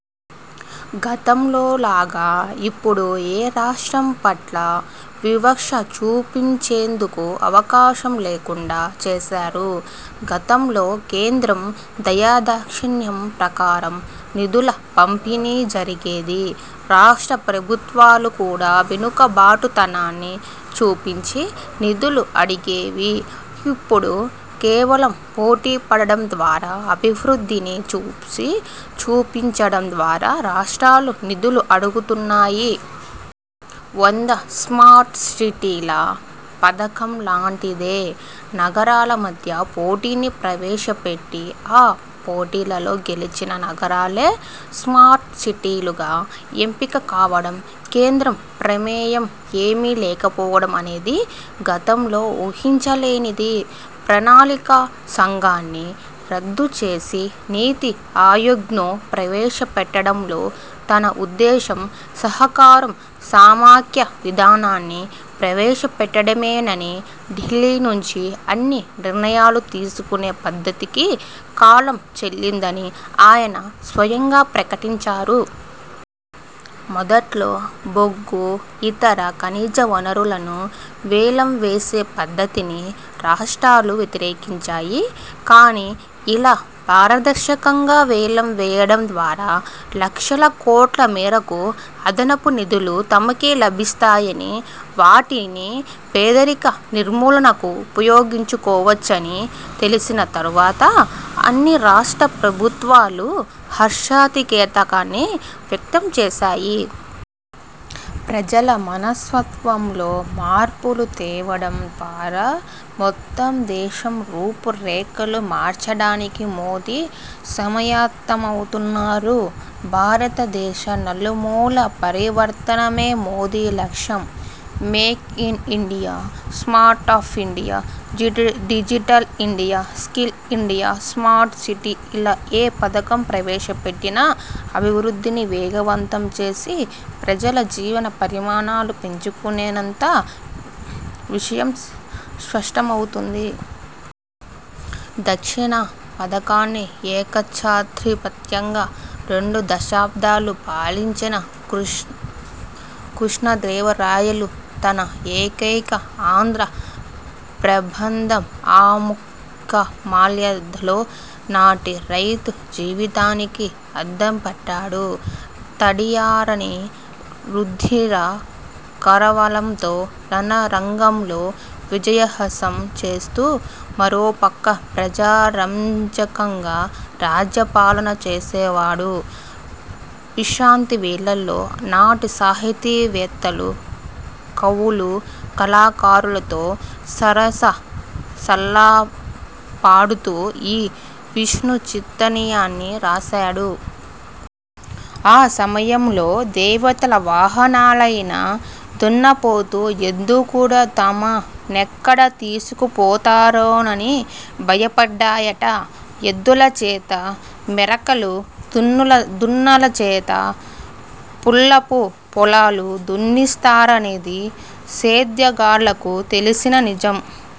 గతంలో లాగా ఇప్పుడు ఏ రాష్ట్రం పట్ల వివక్ష చూపించేందుకు అవకాశం లేకుండా చేశారు. గతంలో కేంద్రం దయాదాక్షిణ్యం ప్రకారం నిధుల పంపిణీ జరిగేది. రాష్ట్ర ప్రభుత్వాలు కూడా వెనుకబాటుతనాన్ని చూపించి నిధులు అడిగేవి. ఇప్పుడు కేవలం పోటీపడడం ద్వారా, అభివృద్ధిని చూసి చూపించడం ద్వారా రాష్ట్రాలు నిధులు అడుగుతున్నాయి. వంద స్మార్ట్ సిటీల పథకం లాంటిదే. నగరాల మధ్య పోటీని ప్రవేశపెట్టి, ఆ పోటీలలో గెలిచిన నగరాలే స్మార్ట్ సిటీలుగా ఎంపిక కావడం, కేంద్రం ప్రమేయం ఏమీ లేకపోవడం అనేది గతంలో ఊహించలేనిది. ప్రణాళికా సంఘాన్ని రద్దు చేసి నీతి ఆయోగ్ను ప్రవేశపెట్టడంలో తన ఉద్దేశం సహకారం సమాఖ్య విధానాన్ని ప్రవేశపెట్టడమేనని, ఢిల్లీ నుంచే అన్ని నిర్ణయాలు తీసుకునే పద్ధతికి కాలం చెల్లిందని ఆయన స్వయంగా ప్రకటించారు. మొదట్లో బొగ్గు, ఇతర ఖనిజ వనరులను వేలం చేసే పద్ధతిని రాష్ట్రాలు వ్యతిరేకించాయి. కాని ఇలా పారదర్శకంగా వేలం వేయడం ద్వారా లక్షల కోట్ల మేరకు అదనపు నిధులు తమకే లభిస్తాయని, వాటిని పేదరిక నిర్మూలనకు ఉపయోగించుకోవచ్చని తెలిసిన తర్వాత అన్ని రాష్ట్ర ప్రభుత్వాలు హర్షాతికేతకాన్ని వ్యక్తం చేశాయి. ప్రజల మనస్వత్వంలో మార్పులు తేవడం ద్వారా మొత్తం దేశం రూపురేఖలు మార్చడానికి మోదీ సమాయత్తమవుతున్నారు. భారత దేశ నలుమూల పరివర్తనమే మోదీ లక్ష్యం. Make in India, smart up India, digital India, skill India, smart city ఇలా ఏ పథకం ప్రవేశపెట్టినా, అభివృద్ధిని వేగవంతం చేసి ప్రజల జీవన పరిమాణాలు పెంచుకునేనంత విషయం స్పష్టమవుతోంది. దక్షిణా పథకాన్ని ఏకచ్ఛత్రాధిపత్యంగా రెండు దశాబ్దాలు పాలించిన కృష్ణదేవరాయలు తన ఏకైక ఆంధ్ర ప్రబంధం 'ఆముకమాల్యద'లో నాటి రైతు జీవితానికి అద్దం పట్టాడు. తడియారని రుధిర కరవాలంతో రణరంగంలో విజయహాసం చేస్తూ, మరోపక్క ప్రజారంజకంగా రాజ్య పాలన చేసేవాడు. విశాంతి వేళల్లో నాటి సాహితీ వేత్తలు, కవులు, కళాకారులతో సరస సల్లాపాడుతూ ఈ విష్ణుచిత్తనియాన్ని రాశాడు. ఆ సమయంలో దేవతల వాహనాలయిన దున్నపోతు, ఎద్దు కూడా తమనెక్కడ తీసుకు పొతారోనని భయపడ్డాయట. ఎద్దుల చేత మెరకలు, దున్నల చేత పుల్లపుపొలాలూ దున్నిస్తారనేది సేద్యగాళ్లకు తెలిసిన నిజం.